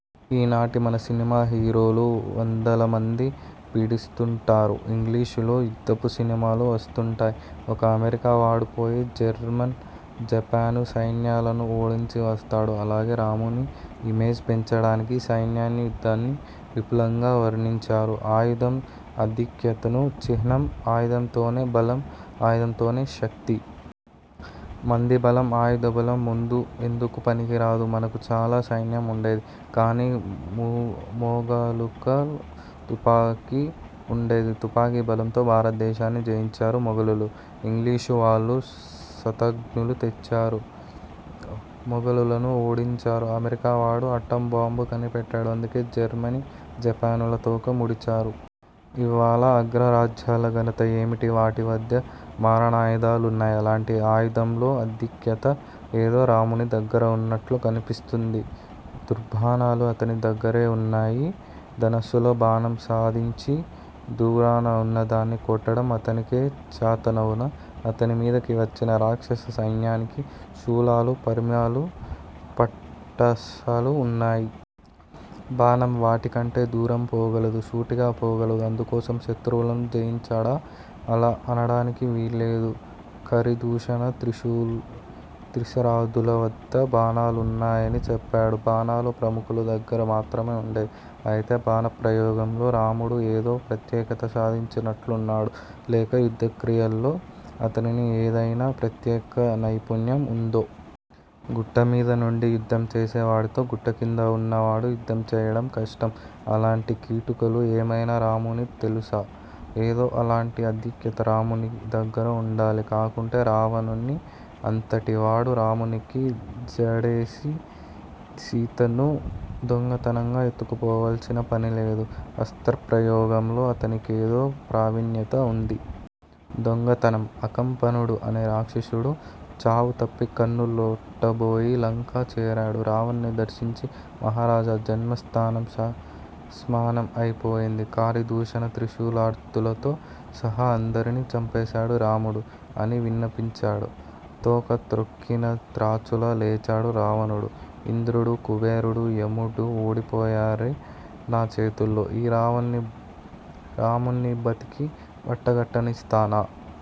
ఈనాటి మన సినిమా హీరోలు వందలమందిని పీడిస్తుంటారు. ఇంగ్లీషులో యుద్ధపు సినిమాలు వస్తుంటాయి. ఒక్క అమెరికా వాడు పోయి జర్మను జపాను సైన్యాలను ఓడించి వస్తాడు. అలాగే రాముని ఇమేజ్ పెంచడానికి సైన్యాన్ని యుద్ధాన్ని విపులంగా వర్ణించారు. ఆయుధం ఆధిక్యతకు చిహ్నం. ఆయుధంతోనే బలం. ఆయుధంతోనే శక్తి. మంది బలం ఆయుధ బలం ముందు ఎందుకూ పనికిరాదు. మనకు చాల సైన్యం ఉండేది. కాని మొగలులకు తుపాకి ఉండేది. తుపాకి బలంతో భారతదేశాన్ని జయించారు మొగలులు. ఇంగ్లీషువాళ్ళు శతఘ్నులు తెచ్చారు. మొగలులను ఓడించారు. అమెరికా వాడు ఆటంబాంబు కనిపెట్టాడు. అందుకే జర్మనీ, జపానులు తోక ముడిచారు. ఇవ్వాళ అగ్రరాజ్యాల ఘనత ఏమిటి? వాటివద్ద మారణాయుధాలున్నాయి. అలాంటి ఆయుధంలో ఆధిక్యత ఏదో రాముని దగ్గర ఉన్నట్లు కనిపిస్తుంది. ధనుర్బాణాలు అతని దగ్గరే ఉన్నాయా? ధనస్సులో బాణం సంధించి దూరాన ఉన్నదాన్ని కొట్టడం అతనికే చాతనవునా? అతని మీదికి వచ్చిన రాక్షస సైన్యానికి శూలాలు, పరిఘలు, పట్టసాలు ఉన్నాయి. బాణం వాటి కంటే దూరం పోగలదు. సూటిగా పోగలదు. అందుకోసం శత్రువులను జయించాడా? అలా అనడానికి వీల్లేదు. ఖరదూషణ త్రిశిరాదుల వద్ద బాణాలున్నాయని చెప్పాడు. బాణాలు ప్రముఖుల దగ్గర మాత్రమే ఉండేవి. అయితే బాణ ప్రయోగంలో రాముడు ఏదో ప్రత్యేకత సాధించినట్లున్నాడు. లేక యుద్ధ క్రియలో అతనిని ఏదయినా ప్రత్యేక నైపుణ్యం ఉందో? గుట్టమీద నుండి యుద్ధం చేసేవాడితో గుట్ట క్రింద వున్నవాడు యుద్ధం చేయడం కష్టం. అలాంటి కిటుకులు ఏమైనా రామునికి తెలుసా? ఏదో అలాంటి ఆధిక్యత రాముని దగ్గర ఉండాలి. కాకుంటే రావణుని అంతటివాడు రామునికి జడిసి సీతను దొంగతనంగా ఎత్తుకుపోవాల్సిన పనిలేదు. అస్త్ర ప్రయోగంలో అతనికేదో ప్రావీణ్యత ఉంది. దొంగతనం: అకంపనుడు, అనే రాక్షసుడు చావుతప్పి కన్ను లొట్టబోయి లంక చేరాడు. రావణుణ్ణి దర్శించి మహారాజా! జన్మస్థానం శ్మశానం అయిపోయింది. ఖరదూషణ త్రిశిరాదుల్తో సహా అందర్నీ చంపేశాడు రాముడు అని విన్నవించాడు. తోక తొక్కిన త్రాచులా లేచాడు రావణుడు. ఇంద్రుడు, కుబేరుడూ, యముడూ ఓడిపోయారే నా చేతుల్లో, ఈ రాముణ్ణి బతికి బట్టకట్టనిస్తానా?